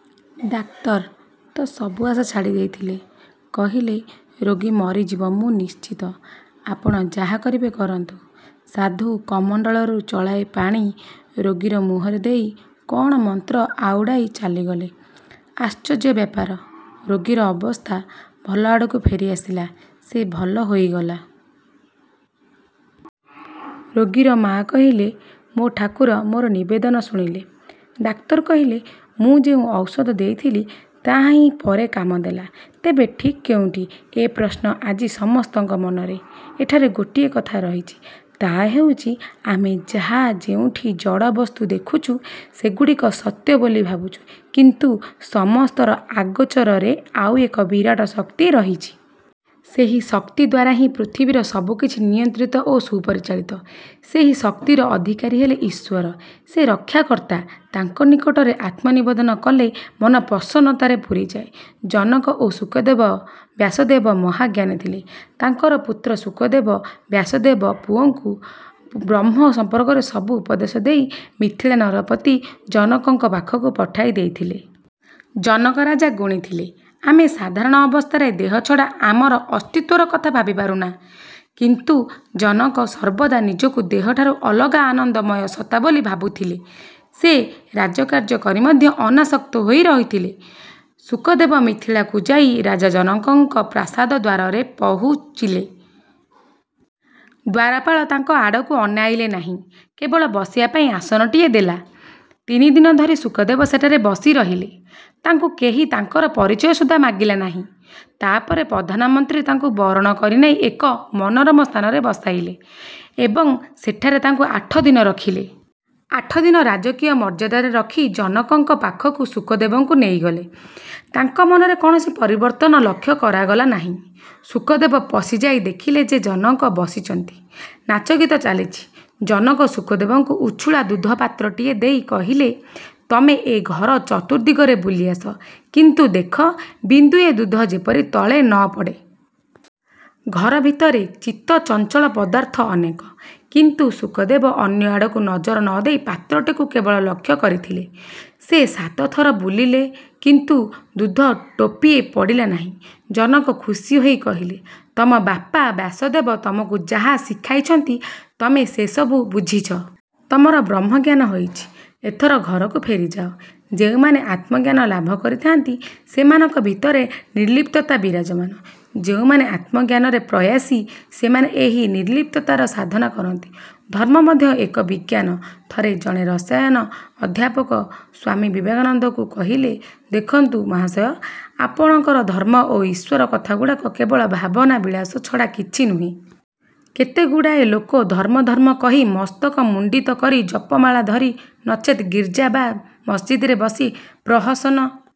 '' Doctor ତ ସବୁ ଆଶା ଛାଡ଼ିଥିଲେ; କହିଲେ-''ରୋଗୀ ମରିଯିବ ମୁଁ ନିଶ୍ଚିତ, ଆପଣ ଯାହା କରିବେ କରନ୍ତୁ। '' ସାଧୁ କମଣ୍ତଳୁରୁ ଚଳାଏ ପାଣି ରୋଗୀର ମୁହଁରେ ଦେଇ କ'ଣ ମନ୍ତ୍ର ଆଉଡ଼ାଇ ଚାଲିଗଲେ। ଆଶ୍ଚର୍ଯ୍ୟ ବ୍ୟାପାର, ରୋଗୀର ଅବସ୍ଥା ଭଲ ଆଡ଼କୁ ଫେରି ଆସିଲା, ସେ ଭଲ ହୋଇଗଲା। ରୋଗୀର ମା' କହିଲେ, ''ମୋ ଠାକୁର ମୋର ନିବେଦନ ଶୁଣିଲେ। '' ଡାକ୍ତର କହିଲେ, ''ମୁଁ ଯେଉଁ ଔଷଧ ଦେଇଥିଲି ତାହାହିଁ ପରେ କାମ ଦେଲା। '' ତେବେ ଠିକ୍ କେଉଁଟି, ଏ ପ୍ରଶ୍ନ ଆଜି ସମସ୍ତଙ୍କ ମନରେ। ଏଠାରେ ଗୋଟିଏ କଥା ରହିଛି। ତା' ହେଉଛି, ଆମେ ଯାହା ଯେଉଁଠି ଜଡ଼ ବସ୍ତୁ ଦେଖୁଚୁ, ସେଗୁଡ଼ିକ ସତ୍ୟ ବୋଲି ଭାବୁଛୁ; କିନ୍ତୁ ସମସ୍ତର ଅଗୋଚରରେ ଆଉ ଏକ ବିରାଟ ଶକ୍ତି ରହିଛି। ସେହି ଶକ୍ତି ଦ୍ୱାରାହିଁ ପୃଥିବୀର ସବୁକିଛି ନିୟନ୍ତ୍ରିତ ଓ ସୁପରିଚାଳିତ। ସେହି ଶକ୍ତିର ଅଧିକାରୀ ହେଲେ ଈଶ୍ୱର। ସେ ରକ୍ଷାକର୍ତ୍ତା; ତାଙ୍କ ନିକଟରେ ଆତ୍ମନିବେଦନ କଲେ ମନ ପ୍ରସନ୍ନତାରେ ପୂରିଯାଏ। ଜନକ ଓ ଶୁକଦେବ ବ୍ୟାସଦେବ ମହାଜ୍ଞାନୀ ଥିଲେ। ତାଙ୍କର ପୁତ୍ର ଶୁକଦେବ। ବ୍ୟାସଦେବ ପୁଅକୁ ବ୍ରହ୍ମ ସମ୍ପର୍କରେ ସବୁ ଉପଦେଶ ଦେଇ ମିଥିଳା ନରପତି ଜନକଙ୍କ ପାଖକୁ ପଠାଇ ଦେଲେ। ଜନକ ରାଜା ଗୁଣୀ ଥିଲେ। ଆମେ ସାଧାରଣ ଅବସ୍ଥାରେ ଦେହ ଛଡ଼ା ଆମର ଅସ୍ତିତ୍ୱର କଥା ଭାବି ପାରୁନା। କିନ୍ତୁ ଜନକ ସର୍ବଦା ନିଜକୁ ଦେହଠାରୁ ଅଲଗା ଆନନ୍ଦମୟ ସତ୍ତା ବୋଲି ଭାବୁଥିଲେ। ସେ ରାଜକାର୍ଯ୍ୟ କରି ମଧ୍ୟ ଅନାସକ୍ତ ହୋଇ ରହୁଥିଲେ। ଶୁକଦେବ ମିଥିଳାକୁ ଯାଇ ରାଜା ଜନକଙ୍କ ପ୍ରାସାଦଦ୍ୱାରରେ ପହୁଞ୍ଚିଲେ। ଦ୍ୱାରପାଳ ତାଙ୍କ ଆଡ଼କୁ ଅନାଇଲା ନାହିଁ, କେବଳ ବସିବା ପାଇଁ ଆସନଟିଏ ଦେଲା। ତିନିଦିନ ଧରି ଶୁକଦେବ ସେଠାରେ ବସି ରହିଲେ। ତାଙ୍କୁ କେହି ତାଙ୍କର ପରିଚୟ ସୁଦ୍ଧା ମାଗିଲା ନାହିଁ। ତା' ପରେ ପ୍ରଧାନମନ୍ତ୍ରୀ ତାଙ୍କୁ ବରଣ କରି ନେଇ ଏକ ମନୋରମ ସ୍ଥାନରେ ବସାଇଲେ ଏବଂ ସେଠାରେ ତାଙ୍କୁ ଆଠଦିନ ରଖିଲେ। ଆଠଦିନ ରାଜକୀୟ ମର୍ଯ୍ୟାଦାରେ ରଖି ଜନକଙ୍କ ପାଖକୁ ଶୁକଦେବଙ୍କୁ ନେଇଗଲେ। ତାଙ୍କ ମନରେ କୌଣସି ପରିବର୍ତ୍ତନ ଲକ୍ଷ୍ୟ କରାଗଲା ନାହିଁ। ଶୁକଦେବ ପଶିଯାଇ ଦେଖିଲେ ଯେ ଜନକ ବସିଛନ୍ତି, ନାଚ-ଗୀତ ଚାଲିଛି। ଜନକ ଶୁକଦେବଙ୍କୁ ଉଛୁଳା ଦୁଧପାତ୍ରଟିଏ ଦେଇ କହିଲେ, ''ତମେ ଏ ଘର ଚତୁର୍ଦ୍ଦିଗରେ ବୁଲି ଆସ, କିନ୍ତୁ ଦେଖ ବିନ୍ଦୁଏ ଦୁଧ ଯେପରି ତଳେ ନ ପଡ଼େ। '' ଘର ଭିତରେ ଚିତ୍ତ-ଚଞ୍ଚଳ ପଦାର୍ଥ ଅନେକ, କିନ୍ତୁ ଶୁକଦେବ ଅନ୍ୟ ଆଡ଼କୁ ନଜର ନ ଦେଇ ପାତ୍ରଟିକୁ କେବଳ ଲକ୍ଷ୍ୟ କରିଥିଲେ। ସେ ସାତଥର ବୁଲିଲେ କିନ୍ତୁ ଦୁଧ ଟୋପିଏ ପଡ଼ିଲା ନାହିଁ। ଜନକ ଖୁସି ହୋଇ କହିଲେ-''ତମ ବାପା ବ୍ୟାସଦେବ ତମକୁ ଯାହା ଶିଖାଇଛନ୍ତି, ତମେ ସେସବୁ ବୁଝିଛ। ତମର ବ୍ରହ୍ମଜ୍ଞାନ ହୋଇଛି। ଏଥର ଘରକୁ ଫେରିଯାଅ-। '' ଯେଉଁମାନେ ଆତ୍ମଜ୍ଞାନ ଲାଭ କରିଥାନ୍ତି, ସେମାନଙ୍କ ଭିତରେ ନିର୍ଲିପ୍ତତା ବିରାଜମାନ। ଯେଉଁମାନ ଆତ୍ମଜ୍ଞାନରେ ପ୍ରୟାସୀ ସେମାନେ ଏହି ନିର୍ଲିପ୍ତତାର ସାଧନା କରନ୍ତି। ଧର୍ମ ମଧ୍ୟ ଏକ ବିଜ୍ଞାନ ଥରେ ଜଣେ ରସାୟନ-ଅଧ୍ୟାପକ ସ୍ୱାମୀ ବିବେକାନନ୍ଦଙ୍କୁ କହିଲେ-''ଦେଖନ୍ତୁ ମହାଶୟ, ଆପଣଙ୍କର ଧର୍ମ ଓ ଈଶ୍ୱର କଥାଗୁଡ଼ାକ କେବଳ ଭାବନାବିଳାସ ଛଡ଼ା କିଛି ନୁହେଁ। କେତେଗୁଡ଼ାଏ ଲୋକ ଧର୍ମ ଧର୍ମ କହି ମସ୍ତକ ମୁଣ୍ଡିତ କରି ଜପମାଳା ଧରି, ନଚେତ୍ ଗିର୍ଜା ବା ମସଜିଦରେ ବସି ପ୍ରହସନ